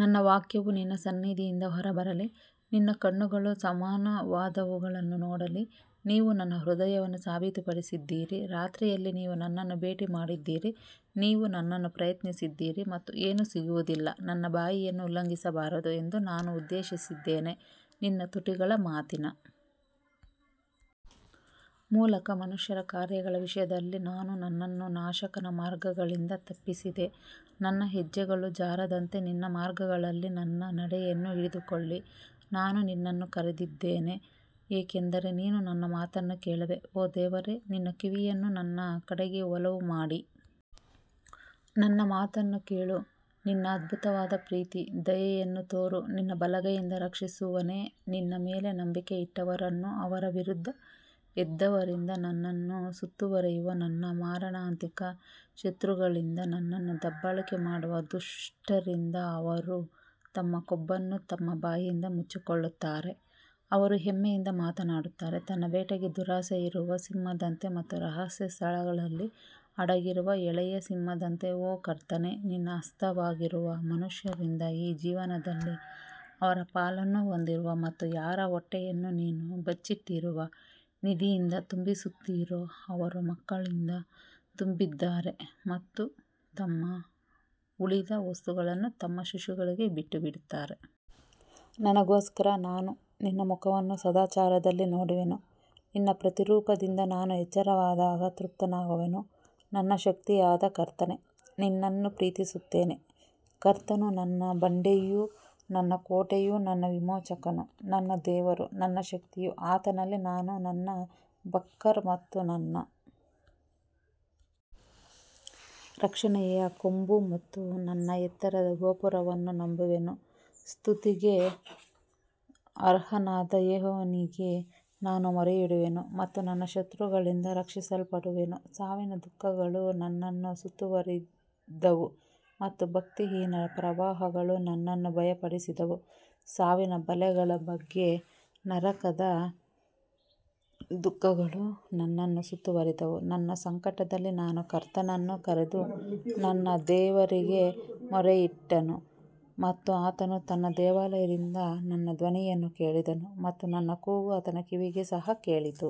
ನನ್ನ ವಾಕ್ಯವು ನಿನ್ನ ಸನ್ನಿಧಿಯಿಂದ ಹೊರಬರಲಿ, ನಿನ್ನ ಕಣ್ಣುಗಳು ಸಮಾನವಾದವುಗಳನ್ನು ನೋಡಲಿ ನೀವು ನನ್ನ ಹೃದಯವನ್ನು ಸಾಬೀತುಪಡಿಸಿದ್ದೀರಿ, ರಾತ್ರಿಯಲ್ಲಿ ನೀವು ನನ್ನನ್ನು ಭೇಟಿ ಮಾಡಿದ್ದೀರಿ, ನೀವು ನನ್ನನ್ನು ಪ್ರಯತ್ನಿಸಿದ್ದೀರಿ ಮತ್ತು ಏನೂ ಸಿಗುವುದಿಲ್ಲ, ನನ್ನ ಬಾಯಿಯನ್ನು ಉಲ್ಲಂಘಿಸಬಾರದು ಎಂದು ನಾನು ಉದ್ದೇಶಿಸಿದ್ದೇನೆ ನಿನ್ನ ತುಟಿಗಳ ಮಾತಿನ ಮೂಲಕ ಮನುಷ್ಯರ ಕಾರ್ಯಗಳ ವಿಷಯದಲ್ಲಿ ನಾನು ನನ್ನನ್ನು ನಾಶಕನ ಮಾರ್ಗಗಳಿಂದ ತಪ್ಪಿಸಿದೆ ನನ್ನ ಹೆಜ್ಜೆಗಳು ಜಾರದಂತೆ ನಿನ್ನ ಮಾರ್ಗಗಳಲ್ಲಿ ನನ್ನ ನಡೆಯನ್ನು ಹಿಡಿದುಕೊಳ್ಳಿ ನಾನು ನಿನ್ನನ್ನು ಕರೆದಿದ್ದೇನೆ ಏಕೆಂದರೆ ನೀನು ನನ್ನ ಮಾತನ್ನು ಕೇಳುವೆ ಓ ದೇವರೇ ನಿನ್ನ ಕಿವಿಯನ್ನು ನನ್ನ ಕಡೆಗೆ ಒಲವು ಮಾಡಿ ನನ್ನ ಮಾತನ್ನು ಕೇಳು ನಿನ್ನ ಅದ್ಭುತವಾದ ಪ್ರೀತಿ ದಯೆಯನ್ನು ತೋರು, ನಿನ್ನ ಬಲಗೈಯಿಂದ ರಕ್ಷಿಸುವವನೇ, ನಿನ್ನ ಮೇಲೆ ನಂಬಿಕೆ ಇಟ್ಟವರನ್ನು ಅವರ ವಿರುದ್ಧ ಎದ್ದವರಿಂದ ನನ್ನನ್ನು ಸುತ್ತುವರಿಯುವ ನನ್ನ ಮಾರಣಾಂತಿಕ ಶತ್ರುಗಳಿಂದ ನನ್ನನ್ನು ದಬ್ಬಾಳಿಕೆ ಮಾಡುವ ದುಷ್ಟರಿಂದ ಅವರು ತಮ್ಮ ಕೊಬ್ಬನ್ನು ತಮ್ಮ ಬಾಯಿಯಿಂದ ಮುಚ್ಚಿಕೊಳ್ಳುತ್ತಾರೆ, ಅವರು ಹೆಮ್ಮೆಯಿಂದ ಮಾತನಾಡುತ್ತಾರೆ ತನ್ನ ಬೇಟೆಗೆ ದುರಾಸೆಯಿರುವ ಸಿಂಹದಂತೆ ಮತ್ತು ರಹಸ್ಯ ಸ್ಥಳಗಳಲ್ಲಿ ಅಡಗಿರುವ ಎಳೆಯ ಸಿಂಹದಂತೆ ಓ ಕರ್ತನೇ, ನಿನ್ನ ಹಸ್ತವಾಗಿರುವ ಮನುಷ್ಯರಿಂದ ಈ ಜೀವನದಲ್ಲಿ ಅವರ ಪಾಲನ್ನು ಹೊಂದಿರುವ ಮತ್ತು ಯಾರ ಹೊಟ್ಟೆಯನ್ನು ನೀನು ಬಚ್ಚಿಟ್ಟಿರುವ ನಿಧಿಯಿಂದ ತುಂಬಿಸುತ್ತೀರೋ ಅವರು ಮಕ್ಕಳಿಂದ ತುಂಬಿದ್ದಾರೆ ಮತ್ತು ತಮ್ಮ ಉಳಿದ ವಸ್ತುಗಳನ್ನು ತಮ್ಮ ಶಿಶುಗಳಿಗೆ ಬಿಟ್ಟುಬಿಡುತ್ತಾರೆ. ನನಗೋಸ್ಕರ ನಾನು ನಿನ್ನ ಮುಖವನ್ನು ಸದಾಚಾರದಲ್ಲಿ ನೋಡುವೆನು ನಿನ್ನ ಪ್ರತಿರೂಪದಿಂದ ನಾನು ಎಚ್ಚರವಾದಾಗ ತೃಪ್ತನಾಗುವೆನು ನನ್ನ ಶಕ್ತಿಯಾದ ಕರ್ತನೇ ನಿನ್ನನ್ನು ಪ್ರೀತಿಸುತ್ತೇನೆ ಕರ್ತನು ನನ್ನ ಬಂಡೆಯೂ ನನ್ನ ಕೋಟೆಯೂ ನನ್ನ ವಿಮೋಚಕನು ನನ್ನ ದೇವರು ನನ್ನ ಶಕ್ತಿಯೂ ಆತನಲ್ಲಿ ನಾನು ನನ್ನ ಬಕ್ಕರ್ ಮತ್ತು ನನ್ನ ರಕ್ಷಣೆಯ ಕೊಂಬು ಮತ್ತು ನನ್ನ ಎತ್ತರದ ಗೋಪುರವನ್ನು ನಂಬುವೆನು ಸ್ತುತಿಗೆ ಅರ್ಹನಾದ ಯೆಹೋವನಿಗೆ ನಾನು ಮೊರೆಯಿಡುವೆನು ಮತ್ತು ನನ್ನ ಶತ್ರುಗಳಿಂದ ರಕ್ಷಿಸಲ್ಪಡುವೆನು ಸಾವಿನ ದುಃಖಗಳು ನನ್ನನ್ನು ಸುತ್ತುವರಿದವು ಮತ್ತು ಭಕ್ತಿಹೀನರ ಪ್ರವಾಹಗಳು ನನ್ನನ್ನು ಭಯಪಡಿಸಿದವು ಸಾವಿನ ಬಲೆಗಳ ಬಗ್ಗೆ ನರಕದ ದುಃಖಗಳು ನನ್ನನ್ನು ಸುತ್ತುವರಿದವು ನನ್ನ ಸಂಕಟದಲ್ಲಿ ನಾನು ಕರ್ತನನ್ನು ಕರೆದು ನನ್ನ ದೇವರಿಗೆ ಮೊರೆಯಿಟ್ಟನು ಮತ್ತು ಆತನು ತನ್ನ ದೇವಾಲಯದಿಂದ ನನ್ನ ಧ್ವನಿಯನ್ನು ಕೇಳಿದನು ಮತ್ತು ನನ್ನ ಕೂಗು ಆತನ ಕಿವಿಗೆ ಸಹ ಕೇಳಿತು.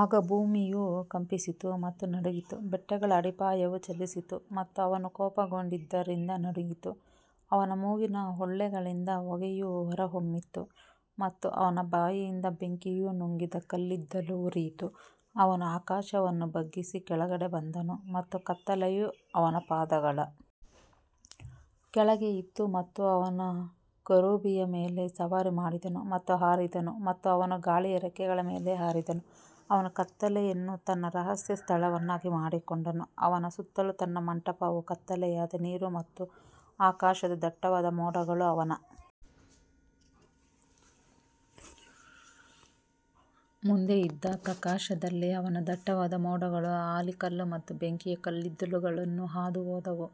ಆಗ ಭೂಮಿಯು ಕಂಪಿಸಿತು ಮತ್ತು ನಡುಗಿತು, ಬೆಟ್ಟಗಳ ಅಡಿಪಾಯವೂ ಚಲಿಸಿತು ಮತ್ತು ಅವನು ಕೋಪಗೊಂಡಿದ್ದರಿಂದ ನಡುಗಿತು. ಅವನ ಮೂಗಿನ ಹೊಳ್ಳೆಗಳಿಂದ ಹೊಗೆಯು ಹೊರಹೊಮ್ಮಿತು ಮತ್ತು ಅವನ ಬಾಯಿಯಿಂದ ಬೆಂಕಿಯು ನುಂಗಿದ ಕಲ್ಲಿದ್ದಲು ಉರಿಯಿತು. ಅವನು ಆಕಾಶವನ್ನೂ ಬಗ್ಗಿಸಿ ಕೆಳಗೆ ಬಂದನು ಮತ್ತು ಕತ್ತಲೆಯು ಅವನ ಪಾದಗಳ ಕೆಳಗೆ ಇತ್ತು ಮತ್ತು ಅವನು ಕೆರೂಬಿಯ ಮೇಲೆ ಸವಾರಿ ಮಾಡಿದನು ಮತ್ತು ಹಾರಿದನು ಮತ್ತು ಅವನು ಗಾಳಿಯ ರೆಕ್ಕೆಗಳ ಮೇಲೆ ಹಾರಿದನು ಅವನು ಕತ್ತಲೆಯನ್ನು ತನ್ನ ರಹಸ್ಯ ಸ್ಥಳವನ್ನಾಗಿ ಮಾಡಿಕೊಂಡನು, ಅವನ ಸುತ್ತಲೂ ತನ್ನ ಮಂಟಪವು ಕತ್ತಲೆಯಾದ ನೀರು ಮತ್ತು ಆಕಾಶದ ದಟ್ಟವಾದ ಮೋಡಗಳು ಅವನ ಮುಂದೆ ಇದ್ದ ಪ್ರಕಾಶದಲ್ಲಿ ಅವನ ದಟ್ಟವಾದ ಮೋಡಗಳು ಆಲಿಕಲ್ಲು ಮತ್ತು ಬೆಂಕಿಯ ಕಲ್ಲಿದ್ದಲುಗಳನ್ನು ಹಾದುಹೋದವು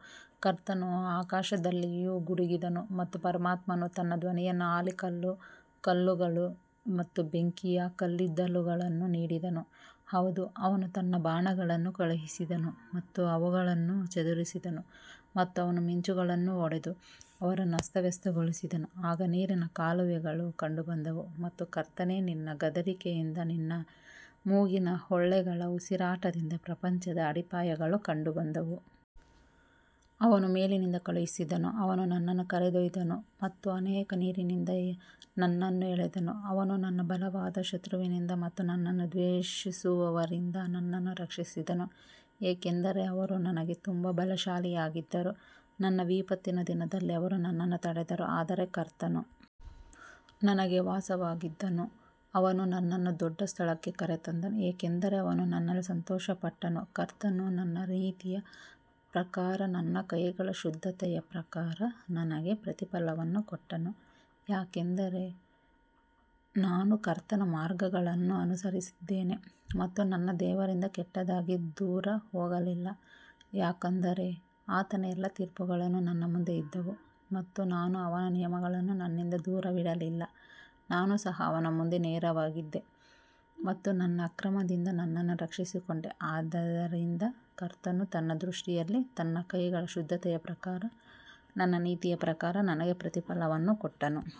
ಕರ್ತನು ಆಕಾಶದಲ್ಲಿಯೂ ಗುಡುಗಿದನು ಮತ್ತು ಪರಮಾತ್ಮನು ತನ್ನ ಧ್ವನಿಯನ್ನು ಆಲಿಕಲ್ಲು ಕಲ್ಲುಗಳು ಮತ್ತು ಬೆಂಕಿಯ ಕಲ್ಲಿದ್ದಲುಗಳನ್ನು ನೀಡಿದನು ಹೌದು ಅವನು ತನ್ನ ಬಾಣಗಳನ್ನು ಕಳುಹಿಸಿದನು ಮತ್ತು ಅವುಗಳನ್ನು ಚದುರಿಸಿದನು ಮತ್ತು ಅವನು ಮಿಂಚುಗಳನ್ನು ಹೊಡೆದು ಅವರನ್ನು ಅಸ್ತವ್ಯಸ್ತಗೊಳಿಸಿದನು ಆಗ ನೀರಿನ ಕಾಲುವೆಗಳು ಕಂಡುಬಂದವು ಮತ್ತು ಕರ್ತನೇ ನಿನ್ನ ಗದರಿಕೆಯಿಂದ ನಿನ್ನ ಮೂಗಿನ ಹೊಳ್ಳೆಗಳ ಉಸಿರಾಟದಿಂದ ಪ್ರಪಂಚದ ಅಡಿಪಾಯಗಳು ಕಂಡುಬಂದವು. ಅವನು ಮೇಲಿನಿಂದ ಕಳುಹಿಸಿದನು ಅವನು ನನ್ನನ್ನು ಕರೆದೊಯ್ದನು ಮತ್ತು ಅನೇಕ ನೀರಿನಿಂದ ನನ್ನನ್ನು ಎಳೆದನು ಅವನು ನನ್ನ ಬಲವಾದ ಶತ್ರುವಿನಿಂದ ಮತ್ತು ನನ್ನನ್ನು ದ್ವೇಷಿಸುವವರಿಂದ ನನ್ನನ್ನು ರಕ್ಷಿಸಿದನು ಏಕೆಂದರೆ ಅವರು ನನಗೆ ತುಂಬಾ ಬಲಶಾಲಿಯಾಗಿದ್ದರು ನನ್ನ ವಿಪತ್ತಿನ ದಿನದಲ್ಲಿ ಅವರು ನನ್ನನ್ನು ತಡೆದರು ಆದರೆ ಕರ್ತನು ನನಗೆ ವಾಸವಾಗಿದ್ದನು ಅವನು ನನ್ನನ್ನು ದೊಡ್ಡ ಸ್ಥಳಕ್ಕೆ ಕರೆತಂದನು, ಏಕೆಂದರೆ ಅವನು ನನ್ನಲ್ಲಿ ಸಂತೋಷಪಟ್ಟನು ಕರ್ತನು ನನ್ನ ನೀತಿಯ ಪ್ರಕಾರ ನನ್ನ ಕೈಗಳ ಶುದ್ಧತೆಯ ಪ್ರಕಾರ ನನಗೆ ಪ್ರತಿಫಲವನ್ನು ಕೊಟ್ಟನು ಯಾಕಂದರೆ ನಾನು ಕರ್ತನ ಮಾರ್ಗಗಳನ್ನು ಅನುಸರಿಸಿದ್ದೇನೆ ಮತ್ತು ನನ್ನ ದೇವರಿಂದ ಕೆಟ್ಟದಾಗಿ ದೂರ ಹೋಗಲಿಲ್ಲ ಯಾಕಂದರೆ ಆತನ ಎಲ್ಲಾ ತೀರ್ಪುಗಳು ನನ್ನ ಮುಂದೆ ಇದ್ದವು ಮತ್ತು ನಾನು ಅವನ ನಿಯಮಗಳನ್ನು ನನ್ನಿಂದ ದೂರವಿಡಲಿಲ್ಲ ನಾನು ಸಹ ಅವನ ಮುಂದೆ ನೇರವಾಗಿದ್ದೆ ಮತ್ತು ನನ್ನ ಅಕ್ರಮದಿಂದ ನನ್ನನ್ನು ರಕ್ಷಿಸಿಕೊಂಡೆ ಆದದರಿಂದ ಕರ್ತನು ತನ್ನ ದೃಷ್ಟಿಯಲ್ಲಿ ನನ್ನ ಕೈಗಳ ಶುದ್ಧತೆಯ ಪ್ರಕಾರ ನನ್ನ ನೀತಿಯ ಪ್ರಕಾರ ನನಗೆ ಪ್ರತಿಫಲವನ್ನು ಕೊಟ್ಟನು.